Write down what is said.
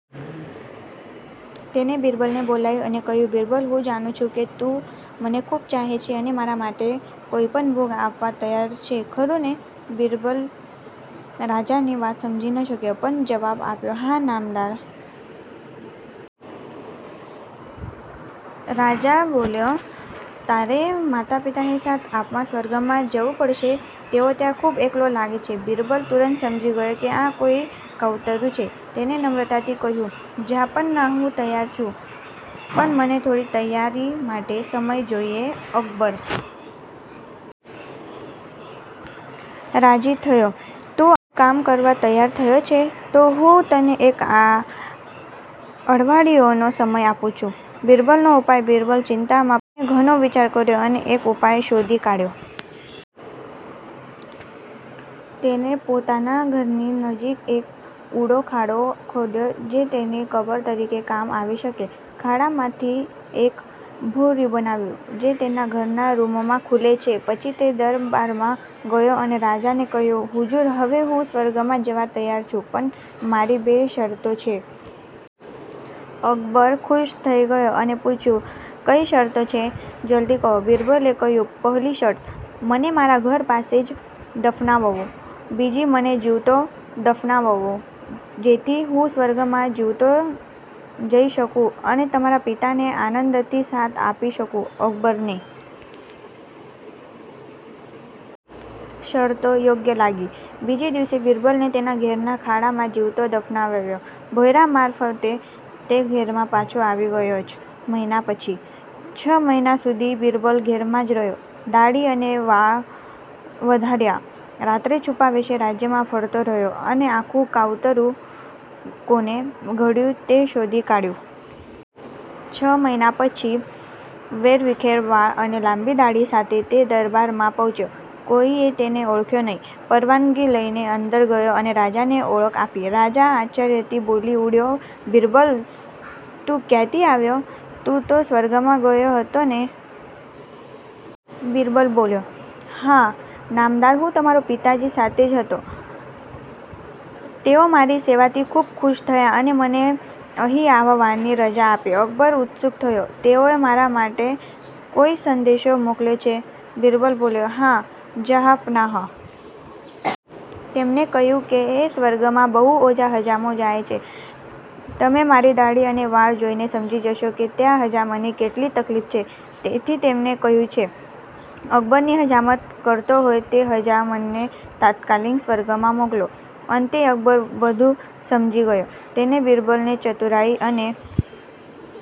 તેણે બિરબલને બોલાવ્યો અને કહ્યું: બિરબલ, હું જાણું છું કે તું મને ખૂબ ચાહે છે અને મારા માટે કોઈ પણ ભોગ આપવા તૈયાર છે, ખરું ને? બિરબલ રાજાની વાત સમજી ન શક્યો, પણ જવાબ આપ્યો: હા, નામદાર. રાજા બોલ્યો: તારે મારા પિતાને સાથ આપવા સ્વર્ગમાં જવું પડશે. તેમને ત્યાં ખૂબ એકલું લાગે છે. બિરબલ તરત સમજી ગયો કે આ કોઈ કાવતરૂં છે. તેણે નમ્રતાથી કહ્યું: જહાંપનાહ, હું તૈયાર છું, પણ મને થોડી તૈયારી માટે સમય જોઈએ. અકબર રાજી થયો: તું આટલું મોટું કામ કરવા તૈયાર થયો છે, તો હું તને એક અઠવાડિયાનો સમય આપું છું. બિરબલનો ઉપાય બિરબલ ચિંતામાં પડી ગયો. તેણે ઘણો વિચાર કર્યો અને એક ઉપાય શોધી કાઢ્યો. તેણે પોતાના ઘરના નજીક એક ઊંડો ખાડો ખોદ્યો-જે તેની કબર તરીકે કામ આવી શકે. ખાડામાંથી એક ભોંયરું બનાવ્યું જે તેના ઘરના રૂમમાં ખૂલે છે. પછી તે દરબારમાં ગયો અને રાજાને કહ્યું: હજૂર, હવે હું સ્વર્ગમાં જવા તૈયાર છું, પણ મારી બે શરતો છે. અકબર ખુશ થઈ ગયો અને પૂછ્યું: કઈ શરતો છે? જલદી કહો. બિરબલે કહ્યું: પહેલી શરત- મને મારા ઘર પાસે જ દફનાવવો. બીજી-મને જીવતો દફનાવવો, જેથી હું સ્વર્ગમાં જીવતો જ જઈ શકું અને તમારા પિતાને આનંદથી સાથ આપી શકું. અકબરને શરતો યોગ્ય લાગી. બીજે દિવસે બિરબલને તેના ઘેરના ખાડામાં જીવતો દફનાવાયો. ભોંયરા મારફતે તે ઘેરમાં પાછો આવી ગયો. છ મહિના પછી.. છ મહિના સુધી બિરબલ ઘરમાં જ રહ્યો. દાઢી અને વાળ વધાર્યા. રાત્રે છુપા વેશે રાજ્યમાં ફરતો રહ્યો અને આખું કાવતરૂં કોણે ઘડ્યું તે શોધી કાઢ્યું. છ મહિના પછી, વેરવિખેર વાળ અને લાંબી દાઢી સાથે તે દરબારમાં પહોંચ્યો. કોઈએ તેને ઓળખ્યું નહીં. પરવાનગી લઈને અંદર ગયો અને રાજાને ઓળખ આપી. રાજા આશ્ચર્યથી બોલી ઉઠ્યો: બિરબલ! તું ક્યાંથી આવ્યો? તું તો સ્વર્ગમાં ગયો હતો ને? બિરબલ બોલ્યો: હા, નામદાર. હું તમારા પિતાજી સાથે જ હતો. તેઓ મારી સેવાથી ખૂબ ખુશ થયા અને મને અહીં આવવાની રજા આપી. અકબર ઉત્સુક થયો: તેમણે મારા માટે કોઈ સંદેશો મોકલ્યો છે? બિરબલ બોલ્યો: હા, જહાંપનાહ. તેમણે કહ્યું કે સ્વર્ગમાં બહુ ઓછા હજામો જાય છે. તમે મારી દાઢી અને વાળ જોઈને સમજી જશો કે ત્યાં હજામની કેટલી તકલીફ છે. તેથી તેમણે કહ્યું છે - 'અકબરની હજામત કરતો હોય તે હજામને તાત્કાલિક સ્વર્ગમાં મોકલો. અંતે..અકબર બધું સમજી ગયો. તેણે બિરબલની ચતુરાઈ અને